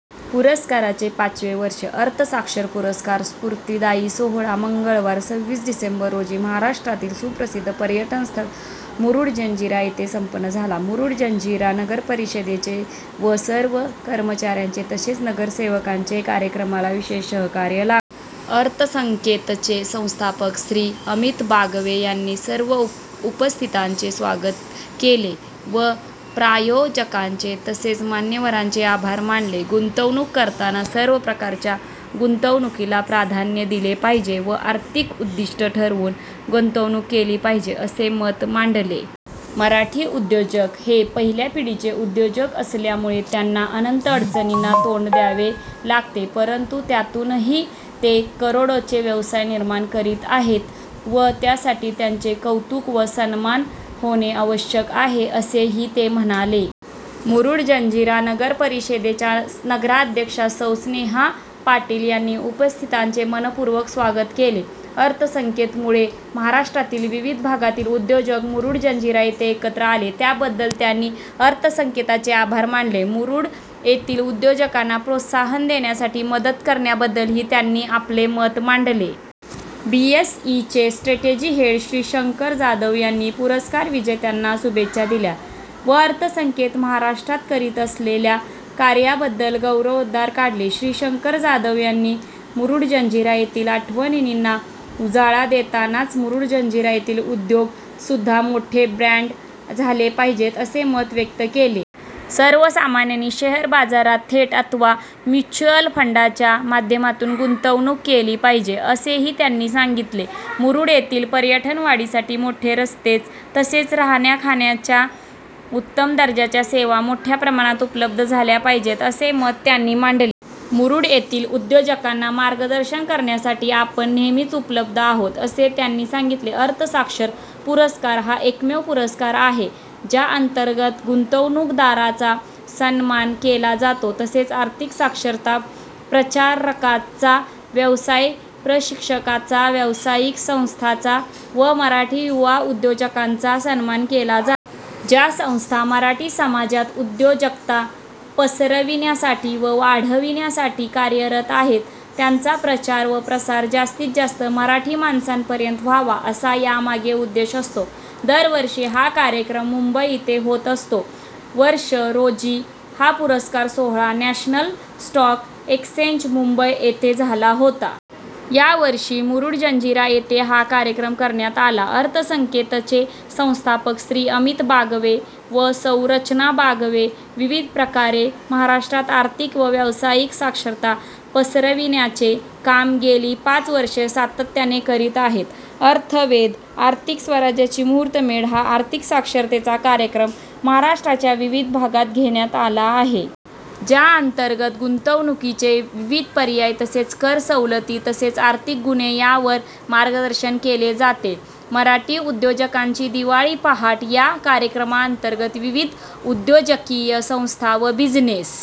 पुरस्काराचे पाचवे वर्ष! अर्थ साक्षर पुरस्कार स्फूर्तिदायी सोहळा मंगळवार सव्वीस डिसेंबर रोजी महाराष्ट्रातील सुप्रसिद्ध पर्यटन स्थळ मुरुड जंजिरा येथे संप्पन झाला. मुरुड जंजिरा नगरपरिषदेचे व सर्व कर्मचाऱ्यांचे तसेच नगरसेवकांचे कार्यक्रमाला विशेष सहकार्य लाभले. अर्थसंकेतचे संस्थापक श्री. अमित बागवे यांनी सर्व उपस्थितांचे स्वागत केले व प्रायोजकांचे तसेच मान्यवरांचे आभार मानले. गुंतवणूक करताना सर्व प्रकारच्या गुंतवणुकीला प्राधान्य दिले पाहिजे व आर्थिक उद्दिष्ट ठरवून गुंतवणूक केली पाहिजे असे मत मांडले. मराठी उद्योजक हे पहिल्या पिढीचे उद्योजक असल्यामुळे त्यांना अनंत अडचणींना तोंड द्यावे लागते परंतु त्यातूनही ते करोडोचे व्यवसाय निर्माण करीत आहेत व त्यासाठी त्यांचे कौतुक व सन्मान होणे आवश्यक आहे असेही ते म्हणाले. मुरुड जंजिरा नगरपरिषदेच्या नगराध्यक्षा सौ. स्नेहा पाटील यांनी उपस्थितांचे मनःपुर्वक स्वागत केले. अर्थसंकेत मुळे महाराष्ट्रातील विविध भागातील उद्योजक मुरुड जंजिरा येथे एकत्र आले त्याबद्दल त्यांनी अर्थसंकेतचे आभार मानले. मुरुड येथील उद्योजकांना प्रोत्साहन देण्यासाठी मदत करण्याबद्दलही त्यांनी आपले मत मांडले. बी एस ई चे स्ट्रॅटेजी हेड श्री. शंकर जाधव यांनी पुरस्कार विजेत्यांना शुभेच्छा दिल्या व अर्थसंकेत महाराष्ट्रात करीत असलेल्या कार्याबद्दल गौरवोद्गार काढले. श्री. शंकर जाधव यांनी मुरुड जंजिरा येथील आठवणींना उजाळा देतानाच मुरुड जंजिरा येथील उद्योग सुद्धा मोठे ब्रँड झाले पाहिजेत असे मत व्यक्त केले. सर्वसामान्यांनी शेअर बाजारात थेट अथवा म्युच्युअल फंडांच्या माध्यमातून गुंतवणूक केली पाहिजे असेही त्यांनी सांगितले. मुरूड येथील पर्यटन वाढीसाठी मोठे रस्ते तसेच राहण्या खाण्याच्या उत्तम दर्जाच्या सेवा मोठ्या प्रमाणात उपलब्ध झाल्या पाहिजेत असे मत त्यांनी मांडले. मुरुड येथील उद्योजकांना मार्गदर्शन करण्यासाठी आपण नेहमीच उपलब्ध आहोत असे त्यांनी सांगितले. अर्थ साक्षर पुरस्कार हा एकमेव पुरस्कार आहे ज्या अंतर्गत गुंतवणूकदारांचा सन्मान केला जातो. तसेच आर्थिक साक्षरता प्रचारकांचा, व्यवसाय प्रशिक्षकांचा, व्यावसायिक संस्थांचा व मराठी युवा उद्योजकांचा सन्मान केला जातो. ज्या संस्था मराठी समाजात उद्योजकता पसरविण्यासाठी व वाढविण्यासाठी कार्यरत आहेत त्यांचा प्रचार व प्रसार जास्तीत जास्त मराठी माणसांपर्यंत व्हावा असा यामागे उद्देश असतो. दरवर्षी हा कार्यक्रम मुंबई येथे होत असतो. वर्ष रोजी हा पुरस्कार सोहळा नॅशनल स्टॉक एक्स्चेंज, मुंबई येथे झाला होता. यावर्षी मुरुड जंजिरा येथे हा कार्यक्रम करण्यात आला. अर्थसंकेतचे संस्थापक श्री. अमित बागवे व सौ. रचना बागवे विविध प्रकारे महाराष्ट्रात आर्थिक व व्यवसायिक साक्षरता पसरविण्याचे काम गेली पाच वर्षे सातत्याने करीत आहेत. अर्थवेध आर्थिक स्वराज्याची मुहूर्तमेढ हा आर्थिक साक्षरतेचा कार्यक्रम महाराष्ट्राच्या विविध भागात घेण्यात आला आहे. ज्या अंतर्गत गुंतवणुकीचे विविध पर्याय तसेच कर सवलती तसेच आर्थिक गुन्हे यावर मार्गदर्शन केले जाते. मराठी उद्योजकांची दिवाळी पहाट या कार्यक्रमा अंतर्गत विविध उद्योजकीय संस्था व बिझनेस